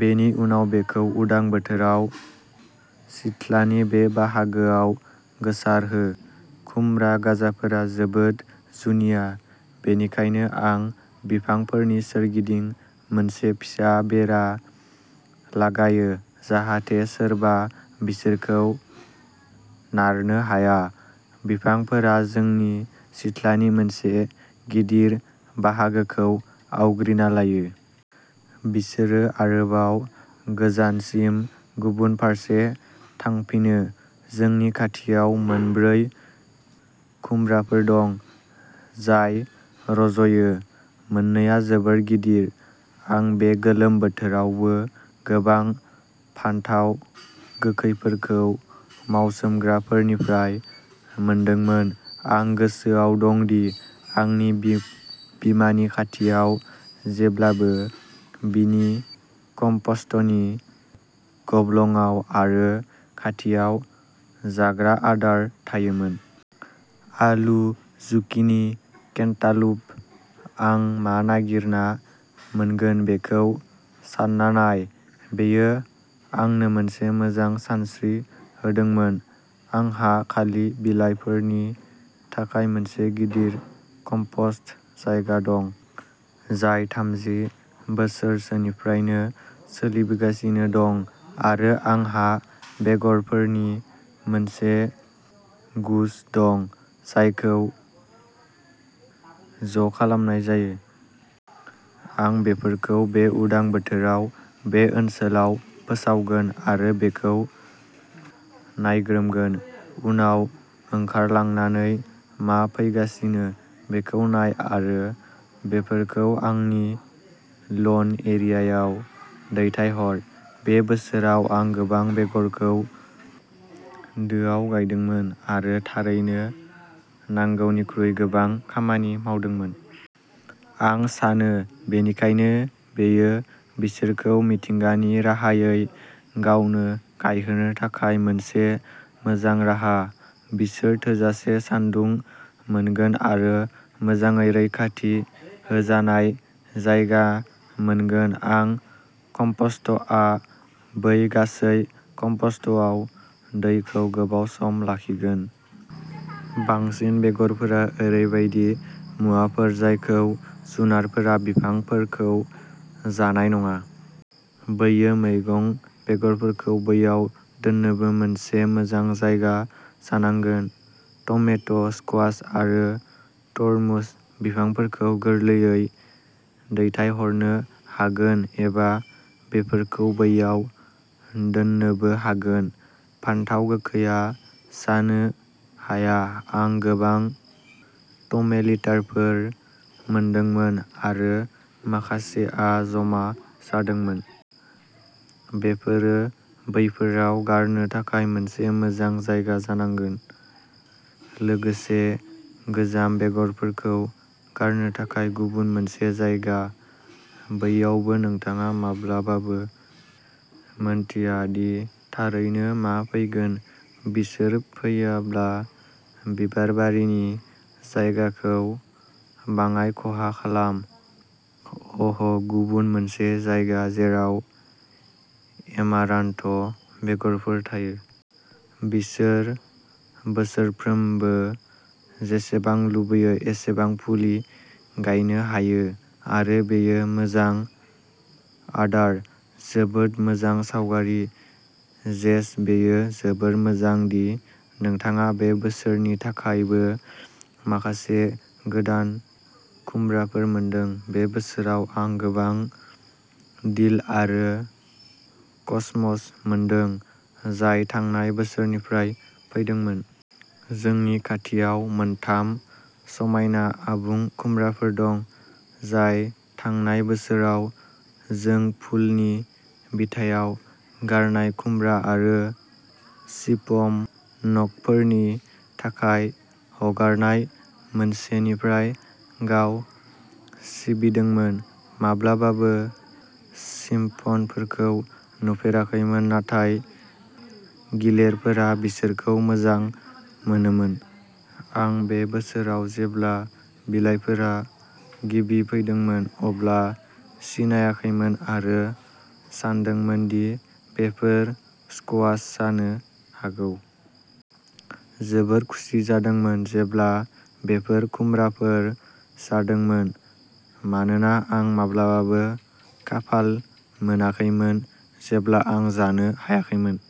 बेनि उनाव बेखौ उदां बोथोराव सिथ्लानि बे बाहागोआव गोसारहो। खुमब्रा गाजाफोरा जोबोद जुनिया। बेनिखायनो आं बिफांफोरनि सोरगिदिं मोनसे फिसा बेरा लागायो जाहाथे सोरबा बिसोरखौ नारनो हाया। बिफांफोरा जोंनि सिथ्लानि मोनसे गिदिर बाहागोखौ आवग्रिना लायो। बिसोरो आरोबाव गोजानसिम गुबुन फारसे थांफिनो। जोंनि खाथियाव मोन ब्रै खुमब्राफोर दं जाय रज'यो। मोननैआ जोबोद गिदिर। आं बे गोलोम बोथोरावबो गोबां फानथाव गोखैफोरखौ मावसोमग्राफोरनिफ्राय मोनदोंमोन। आं गोसोआव दं दि आंनि बि बिमानि खाथियाव जेब्लाबो बिनि कमपस्टनि गब्लंआव आरो खाथियाव जाग्रा आदार थायोमोन। आलु, जुकिनि, केन्टालुप। आं मा नागिरना मोनगोन बेखौ सानना नाय। बेयो आंनो मोनसे मोजां सानस्रि होदोंमोन। आंहा खालि बिलाइफोरनि थाखाय मोनसे गिदिर कमपस्ट जायगा दं। जाय थामजि बोसोरसोनिफ्रायनो सोलिबोगासिनो दं। आरो आंहा बेगरफोरनि मोनसे गुच् दं जायखौ ज'खालामनाय जायो। आं बेफोरखौ बे उदां बोथोराव बे ओनसोलाव फोसावगोन आरो बेखौ नायग्रोमगोन। उनाव ओंखारलांनानै मा फैगासिनो बेखौ नाय आरो बेफोरखौ आंनि लन एरियायाव दैथायहर। बे बोसोराव आं गोबां बेगरखौ दोआव गायदोंमोन आरो थारैनो नांगौनिख्रुइ गोबां खामानि मावदोंमोन। आं सानो बेनिखायनो बेयो बिसोरखौ मिथिंगानि राहायै गावनो गायहोनो थाखाय मोनसे मोजां राहा। बिसोर थोजासे सान्दुं मोनगोन आरो मोजाङै रैखाथि होजानाय जायगा मोनगोन आं कमपस्टआ बै गासै कमपस्टआव दैखौ गोबाव सम लाखिगोन। बांसिन बेगरफोरा ओरैबायदि मुवाफोर जायखौ जुनारफोरा बिफांफोरखौ जानाय नङा। बेयो मैगं बेगरफोरखौ बैयाव दोननोबो मोनसे मोजां जायगा जानांगोन। टमेट', स्क्वाश आरो तरमुज बिफांफोरखौ गोरलैयै दैथायहरनो हागोन एबा बेफोरखौ बैयाव दोननोबो हागोन। फानथाव गोखैआ जानो हाया। आं गोबां टमेलिटाफोर मोनदोंमोन। आरो माखासेआ जमा जादोंमोन। बेफोरो बैफोराव गारनो थाखाय मोनसे मोजां जायगा जानांगोन। लोगोसे गोजाम बेगरफोरखौ गारनो थाखाय गुबुन मोनसे जायगा। बैयावबो नोंथाङा माब्लाबाबो मोनथिया दि थारैनो मा फैगोन। बिसोर फैयाब्ला बिबारबारिनि जायगाखौ बाङाइ खहा खालाम। हह' गुबुन मोनसे जायगा जेराव एमारान्थ' बेगरफोर थायो। बिसोर बोसोरफ्रोमबो जेसेबां लुबैयो एसेबां फुलि गायनो हायो आरो बेयो मोजां आदार। जोबोद मोजां सावगारि जेस बेयो जोबोद मोजां दि नोंथाङा बे बोसोरनि थाखायबो माखासे गोदान खुमब्राफोर मोनदों। बे बोसोराव आं गोबां डिल आरो कसमस मोनदों जाय थांनाय बोसोरनिफ्राय फैदोंमोन। जोंनि खाथियाव मोनथाम समायना आबुं खुमब्राफोर दं जाय थांनाय बोसोराव जों फुलनि बिथायाव गारनाय खुमब्रा आरो चिपमन्कफोरनि थाखाय हगारनाय मोनसेनिफ्राय गाव सिबिदोंमोन। माब्लाबाबो चिपमन्कफोरखौ नुफेराखैमोन नाथाय गिलेरफोरा बिसोरखौ मोजां मोनोमोन। आं बे बोसोराव जेब्ला बिलाइफोरा गिबि फैदोंमोन अब्ला सिनायाखैमोन आरो सानदोंमोन दि बेफोर स्कुवाश जानो हागौ। जोबोद खुसि जादोंमोन जेब्ला बेफोर खुमब्राफोर जादोंमोन। मानोना आं माब्लाबाबो खाफाल मोनाखैमोन जेब्ला आं जानो हायाखैमोन।